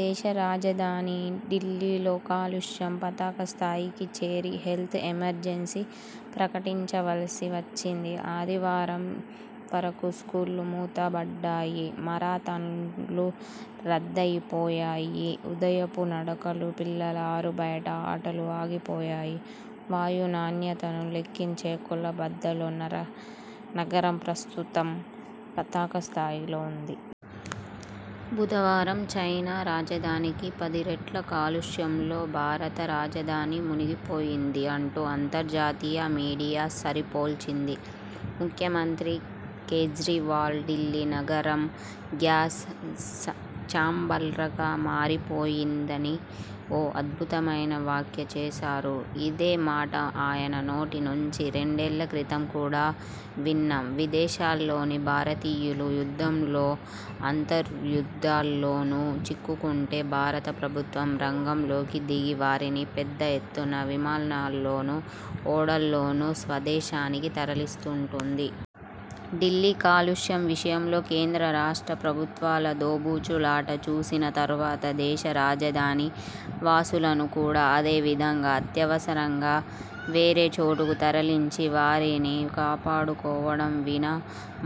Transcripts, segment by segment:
దేశ రాజధాని ఢిల్లీలో కాలుష్యం పతాక స్థాయికి చేరి హెల్త్ ఎమర్జెన్సీ ప్రకటించవలసి వచ్చింది. ఆదివారం వరకూ స్కూళ్ళు మూత బడ్డాయి, మారథాన్లు రద్దయి పోయాయి, ఉదయపు నడకలు, పిల్లల ఆరు బయట ఆటలూ ఆగిపోయాయి. వాయు నాణ్యతను లెక్కించే కొల బద్దలో నగరం ప్రస్తుతం పతాక స్థాయిలో ఉంది. 'బుధవారం చైనా రాజధానికి పదిరెట్ల కాలుష్యంలో భారత రాజధాని మునిగిపోయింది' అంటూ అంతర్జాతీయ మీడియా సరిపోల్చింది. ముఖ్యమంత్రి కేజ్రీవాల్ ఢిల్లీ నగరం గ్యాస్ చాంబర్లాగా మారిపోయిందని ఓ అద్భుతమైన వ్యాఖ్య చేశారు. ఇదే మాట ఆయన నోటి నుంచి రెండేళ్ళక్రితం కూడా విన్నాం. విదేశాల్లోని భారతీయులు యుద్ధాల్ల, అంతర్యుద్ధాల్లోనో చిక్కుకుంటే భారత ప్రభుత్వం రంగంలోకి దిగి వారిని పెద్ద ఎత్తున విమానాల్లోనూ, ఓడల్లోనూ స్వదేశానికి తరలిస్తూంటుంది. ఢిల్లీ కాలుష్యం విషయంలో కేంద్ర, రాష్ట్ర ప్రభుత్వాల దోబూచు లాట చూసిన తరువాత, దేశ రాజధాని వాసులను కూడా అదే విధంగా అత్యవసరంగా వేరే చోటకు తరలించి వారిని కాపాడు కోవడం వినా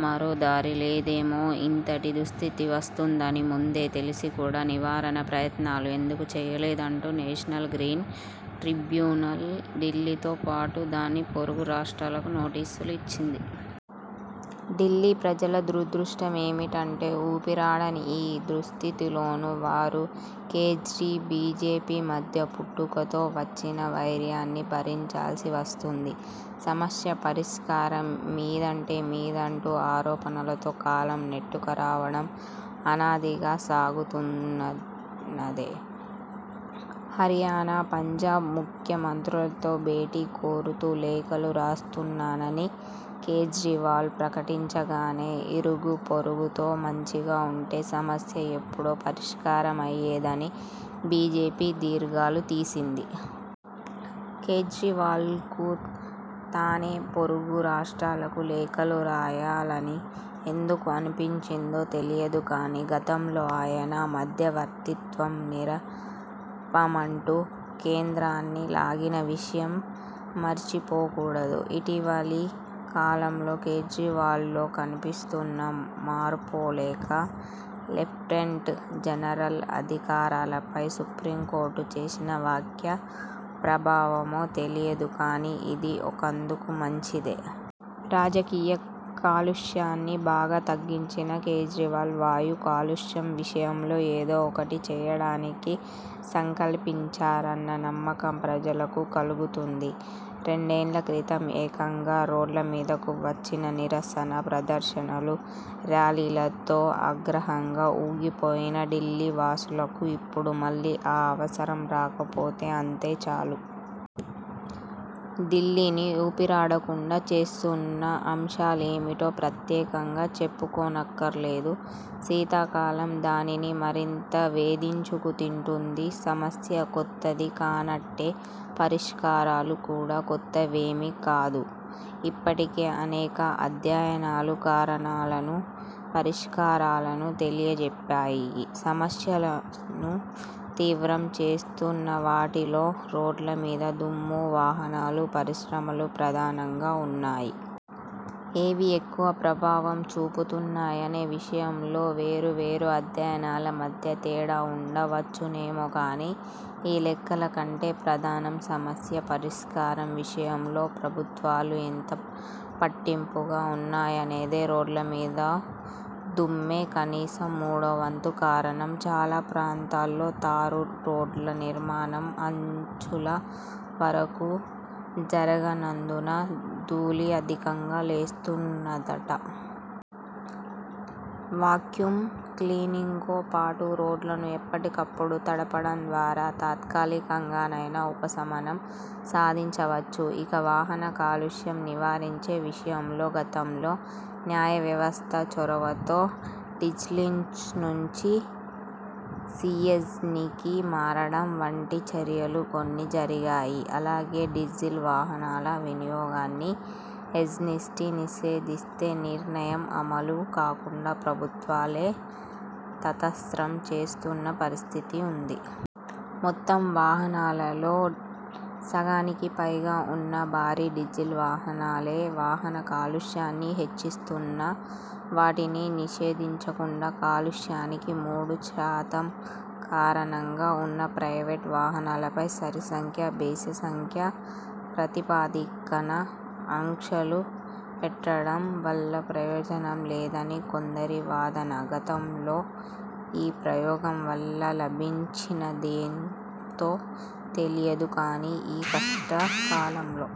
మరో దారి లేదేమో! ఇంతటి దుస్థితి వస్తుందని ముందే తెలిసి కూడా నివారణ ప్రయత్నాలు ఎందుకు చేయలేదంటూ నేషనల్ గ్రీన్ ట్రిబ్యునల్ ఢిల్లీతో పాటు దాని పొరుగు రాష్ట్రాలకు నోటీసులు ఇచ్చింది. ఢిల్లీ ప్రజల దురదృష్టమేమంటే, ఊపిరాడని ఈ దుస్థితిలోనూ వారు కేజ్రీ, బీజేపీ మధ్య పుట్టుకతో వచ్చిన వైర్యాన్ని భరించాల్సి వస్తున్నది. సమస్య పరిష్కారం మీదంటే మీదంటూ ఆరోపణలతో కాలం నెట్టుకురావడం అనాదిగా సాగుతున్నదే. హర్యానా, పంజాబ్ ముఖ్య మంత్రులతో భేటీ కోరుతూ లేఖలు రాస్తున్నానని కేజ్రీవాల్ ప్రకటించగానే, ఇరుగూ పొరుగుతో మంచిగా ఉంటే సమస్య ఎప్పుడో పరిష్కారమయ్యేదని బీజేపీ దీర్ఘాలు తీసింది. కేజ్రీవాల్కు తానే పొరుగు రాష్ట్రాలకు లేఖలు రాయాలని ఎందుకు అనిపించిందో తెలియదు కానీ, గతంలో ఆయన మధ్యవర్తిత్వం నెరపమంటూ కేంద్రాన్ని లాగిన విషయం మరిచిపోకూడదు. ఇటీవలి కాలంలో కేజ్రీవాల్లో కనిపిస్తున్న మార్పో, లేక లెఫ్ట్నెంట్ జనరల్ అధికారాలపై సుప్రీంకోర్టు చేసిన వ్యాఖ్య ప్రభావమో తెలియదు కానీ ఇదీ ఒకందుకు మంచిదే. రాజకీయ కాలుష్యాన్ని బాగా తగ్గించిన కేజ్రీవాల్ వాయు కాలుష్యం విషయంలో ఏదో ఒకటి చేయడానికి సంకల్పించారన్న నమ్మకం ప్రజలకు కలుగుతుంది. రెండేళ్ళ క్రితం ఏకంగా రోడ్ల మీదకు వచ్చి నిరసన ప్రదర్శనలు, ర్యాలీలతో ఆగ్రహంగా ఊగిపోయిన ఢిల్లీ వాసులకు ఇప్పుడు మళ్ళీ ఆ అవసరం రాకపోతే అంతే చాలు. ఢిల్లీని ఊపిరాడకుండా చేస్తున్న అంశాలేమిటో ప్రత్యేకంగా చెప్పుకోనక్కరలేదు. శీతా కాలం దానిని మరింత వేధించుకు తింటుంది. సమస్య కొత్తది కానట్టే, పరిష్కారాలు కూడా కొత్తవేమీ కాదు. ఇప్పటికే అనేక అధ్యయనాలు కారణాలను, పరిష్కారాలను తెలియచెప్పాయి. సమస్యను తీవ్రం చేస్తున్నవాటిలో రోడ్లమీద దుమ్ము, వాహనాలు, పరిశ్రమలు ప్రధానంగా ఉన్నాయి. ఏవి ఎక్కువ ప్రభావం చూపుతున్నాయనే విషయంలో వేరువేరు అధ్యయనాల మధ్య తేడా వుండవచ్చునేమో కానీ, ఈ లెక్కల కంటే ప్రధానం సమస్య పరిష్కారం విషయంలో ప్రభుత్వాలు ఎంత పట్టింపుగా ఉన్నాయన్నదే. రోడ్లమీద దుమ్మే కనీసం మూడోవంతు కారణం. చాలా ప్రాంతాల్లో తారు రోడ్ల నిర్మాణం అంచుల వరకూ జరగనందున ధూళి అధికంగా లేస్తున్నదట. వాక్యూమ్ క్లీనింగ్తో పాటు రోడ్లను ఎప్పటికప్పుడు తడపడం ద్వారా తాత్కాలికంగానైనా ఉపశమనం సాధించవచ్చు. ఇక, వాహన కాలుష్యం నివారించే విషయంలో గతంలో న్యాయవ్యవస్థ చొరవతో డీజిల్నుంచి సీఎన్జీకి మారడం వంటి చర్యలు కొన్ని జరిగాయి. అలాగే, డీజిల్ వాహనాల వినియోగాన్ని ఎన్జీటీ నిషేధిస్తే నిర్ణయం అమలు కాకుండా ప్రభుత్వాలే తాతాస్రం చేస్తున్న పరిస్థితీ ఉన్నది. మొత్తం వాహనాల్లో సగానికి పైగా ఉన్న భారీ డిజిల్ వాహనాలే వాహన కాలుష్యాన్ని హెచ్చిస్తున్నా, వాటిని నిషేధించకుండా కాలుష్యానికి మూడు శాతం కారణంగా ఉన్న ప్రైవేటు వాహనాలపై సరి సంఖ్య బేసి సంఖ్య ప్రాతిపదికన ఆంక్షలు పెట్టడం వల్ల ప్రయోజనం లేదని కొందరి వాదన. గతంలో ఈ ప్రయోగం వల్ల లాభించినదెంతో తెలియదు కానీ, ఈ కష్ట కాలంలో